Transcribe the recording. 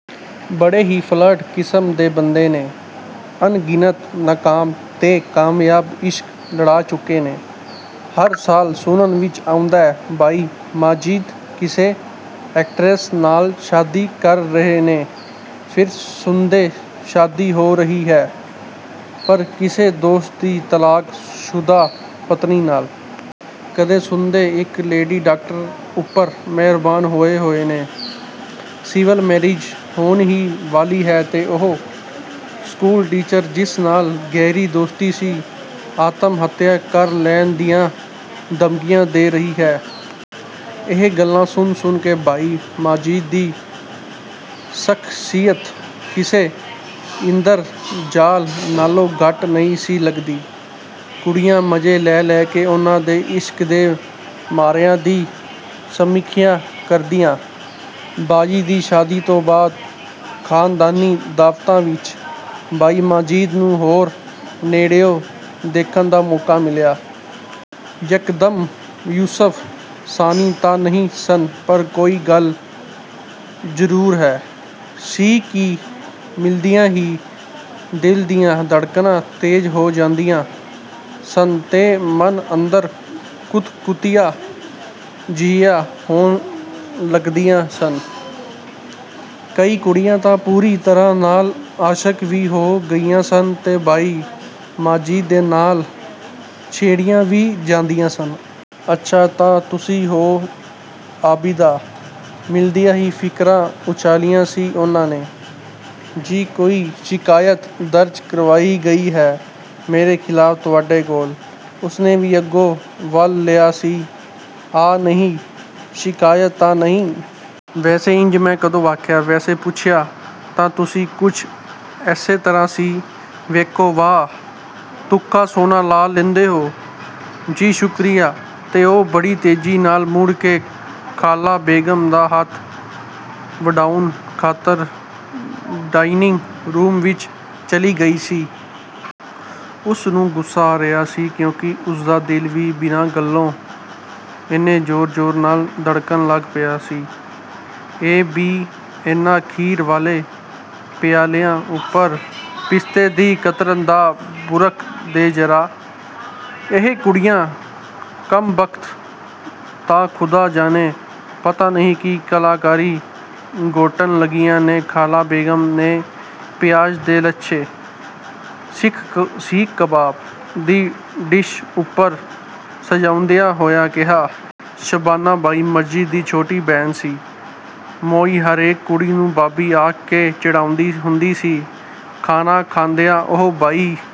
ਬੜੇ ਹੀ ਫਲਰਟ ਕਿਸਮ ਦੇ ਬੰਦੇ ਨੇ, ਅਣਗਿਣਤ ਨਾਕਾਮ ਤੇ ਕਾਮਯਾਬ ਇਸ਼ਕ ਲੜਾ ਚੁੱਕੇ ਨੇ। ਹਰ ਸਾਲ ਸੁਣਨ ਵਿੱਚ ਆਉਂਦਾ, ਭਾਈ ਮਾਜਿਦ ਕਿਸੇ ਐਕਟਰੈਸ ਨਾਲ ਸ਼ਾਦੀ ਕਰ ਰਹੇ ਨੇ। ਫਿਰ ਸੁਣਦੇ, ਸ਼ਾਦੀ ਹੋ ਰਹੀ ਹੈ, ਪਰ ਕਿਸੇ ਦੋਸਤ ਦੀ ਤਲਾਕ ਸ਼ੁਦਾ ਪਤਨੀ ਨਾਲ। ਕਦੇ ਸੁਣਦੇ, ਇੱਕ ਲੇਡੀ ਡਾਕਟਰ ਉੱਪਰ ਮਿਹਰਬਾਨ ਹੋਏ ਹੋਏ ਨੇ, ਸਿਵਲ ਮੈਰਿਜ ਹੋਣ ਹੀ ਵਾਲੀ ਹੈ ਤੇ ਉਹ ਸਕੂਲ ਟੀਚਰ ਜਿਸ ਨਾਲ ਗਹਿਰੀ ਦੋਸਤੀ ਸੀ, ਆਤਮ-ਹੱਤਿਆ ਕਰ ਲੈਣ ਦੀਆਂ ਧਮਕੀਆਂ ਦੇ ਰਹੀ ਹੈ। ਇਹ ਗੱਲਾਂ ਸੁਣ-ਸੁਣ ਕੇ ਭਾਈ ਮਾਜਿਦ ਦੀ ਸ਼ਖਸੀਅਤ, ਕਿਸੇ ਇੰਦਰ ਜਾਲ ਨਾਲੋਂ ਘੱਟ ਨਹੀਂ ਸੀ ਲੱਗਦੀ। ਕੁੜੀਆਂ ਮਜ਼ੇ ਲੈ-ਲੈ ਕੇ ਉਨ੍ਹਾਂ ਦੇ ਇਸ਼ਕ ਦੇ ਮਾਰਿਆਂ ਦੀ ਸਮੀਖਿਆ ਕਰਦੀਆਂ। ਬਾਜੀ ਦੀ ਸ਼ਾਦੀ ਤੋਂ ਬਾਅਦ ਖਾਨਦਾਨੀ ਦਾਵਤਾਂ ਵਿੱਚ ਭਾਈ ਮਾਜਿਦ ਨੂੰ ਹੋਰ ਨੇੜਿਓਂ ਦੇਖਣ ਦਾ ਮੌਕਾ ਮਿਲਿਆ। ਯਕਦਮ ਯੁਸਫ਼ ਸਾਨੀ ਤਾਂ ਨਹੀਂ ਸਨ ਪਰ ਕੋਈ ਗੱਲ ਜ਼ਰੂਰ ਹੈ ਸੀ ਕਿ ਮਿਲਦਿਆਂ ਹੀ ਦਿਲ ਦੀਆਂ ਧੜਕਨਾਂ ਤੇਜ਼ ਹੋ ਜਾਂਦੀਆਂ ਸਨ ਤੇ ਮਨ ਅੰਦਰ ਕੁਤਕੁਤੀਆਂ ਜਿਹੀਆਂ ਹੋਣ ਲੱਗਦੀਆਂ ਸਨ। ਕਈ ਕੁੜੀਆਂ ਤਾਂ ਪੂਰੀ ਤਰ੍ਹਾਂ ਨਾਲ ਆਸ਼ਕ ਵੀ ਹੋ ਗਈਆਂ ਸਨ ਤੇ ਭਾਈ ਮਾਜਿਦ ਦੇ ਨਾਂ ਨਾਲ ਛੇੜੀਆਂ ਵੀ ਜਾਂਦੀਆਂ ਸਨ। "ਅੱਛਾ, ਤਾਂ ਤੁਸੀਂ ਹੋ ਆਬਿਦਾ।" ਮਿਲਦਿਆਂ ਹੀ ਫਿਕਰਾ ਉਛਾਲਿਆ ਸੀ ਉਨ੍ਹਾਂ ਨੇ। "ਜੀ, ਕੋਈ ਸ਼ਿਕਾਇਤ ਦਰਜ ਕਰਵਾਈ ਗਈ ਹੈ ਮੇਰੇ ਖ਼ਿਲਾਫ਼ ਤੁਹਾਡੇ ਕੋਲ?" ਉਸਨੇ ਵੀ ਅੱਗੋਂ ਵਲ ਲਿਆ ਸੀ।"ਆ, ਨਹੀਂ, ਸ਼ਿਕਾਇਤ ਤਾਂ ਨਹੀਂ। ਵੈਸੇ ਇੰਜ ਮੈਂ ਕਦੋਂ ਆਖਿਆ?""ਵੈਸੇ ਪੁੱਛਿਆ ਤਾਂ ਤੁਸੀਂ ਕੁਝ ਐਸੇ ਤਰ੍ਹਾਂ ਸੀ।" "ਵੇਖੋ ਵਾਹ, ਤੁੱਕਾ ਸੋਹਣਾ ਲਾ ਲੈਂਦੇ ਹੋ।""ਜੀ, ਸ਼ੁਕਰੀਆ।"ਤੇ ਉਹ ਬੜੀ ਤੇਜ਼ੀ ਨਾਲ ਮੁੜ ਕੇ ਖਾਲਾ ਬੇਗਮ ਦਾ ਹੱਥ ਵੰਡਾਉਣ ਖਾਤਰ ਡਾਇਨਿੰਗ-ਰੂਮ ਵਿੱਚ ਚਲੀ ਗਈ ਸੀ। ਉਸ ਨੂੰ ਗੁੱਸਾ ਆ ਰਿਹਾ ਸੀ ਕਿਉਂਕਿ ਉਸਦਾ ਦਿਲ ਵੀ ਬਿਨਾਂ ਗੱਲੋਂ ਇੰਨੇ ਜ਼ੋਰ-ਸ਼ੋਰ ਨਾਲ ਧੜਕਣ ਲੱਗ ਪਿਆ ਸੀ। "ਏ-ਬੀ, ਇਹਨਾਂ ਖੀਰ ਵਾਲੇ ਪਿਆਲਿਆਂ ਉੱਪਰ ਪਿਸਤੇ ਦੀ ਕਤਰਨ ਤਾਂ ਬੁਰਕ ਦੇ ਜ਼ਰਾ।" ਇਹ ਕੁੜੀਆਂ ਕੰਬਖ਼ਤ ਤਾਂ ਖ਼ੁਦਾ ਜਾਣੇ ਪਤਾ ਨਹੀਂ ਕੀ ਕਲਾਕਾਰੀ ਘੋਟਣ ਲੱਗੀਆਂ ਨੇ ਖਾਲਾ ਬੇਗਮ ਨੇ ਪਿਆਜ਼ ਤੇ ਲੱਛੇ, ਸੀਖ-ਕਬਾਬ ਦੀ ਡਿਸ਼ ਉੱਪਰ ਸਜਾਉਂਦਿਆਂ ਹੋਇਆਂ ਕਿਹਾ। ਸ਼ਬਾਨਾ ਭਾਈ ਮਾਜਿਦ ਦੀ ਛੋਟੀ ਭੈਣ ਸੀ, ਮੋਈ ਹਰੇਕ ਕੁੜੀ ਨੂੰ ਭਾਬੀ ਆਖ ਕੇ ਚਿੜਾਉਂਦੀ ਹੁੰਦੀ ਸੀ। ਖਾਣਾ ਖਾਂਦਿਆਂ ਉਹ ਭਾਈ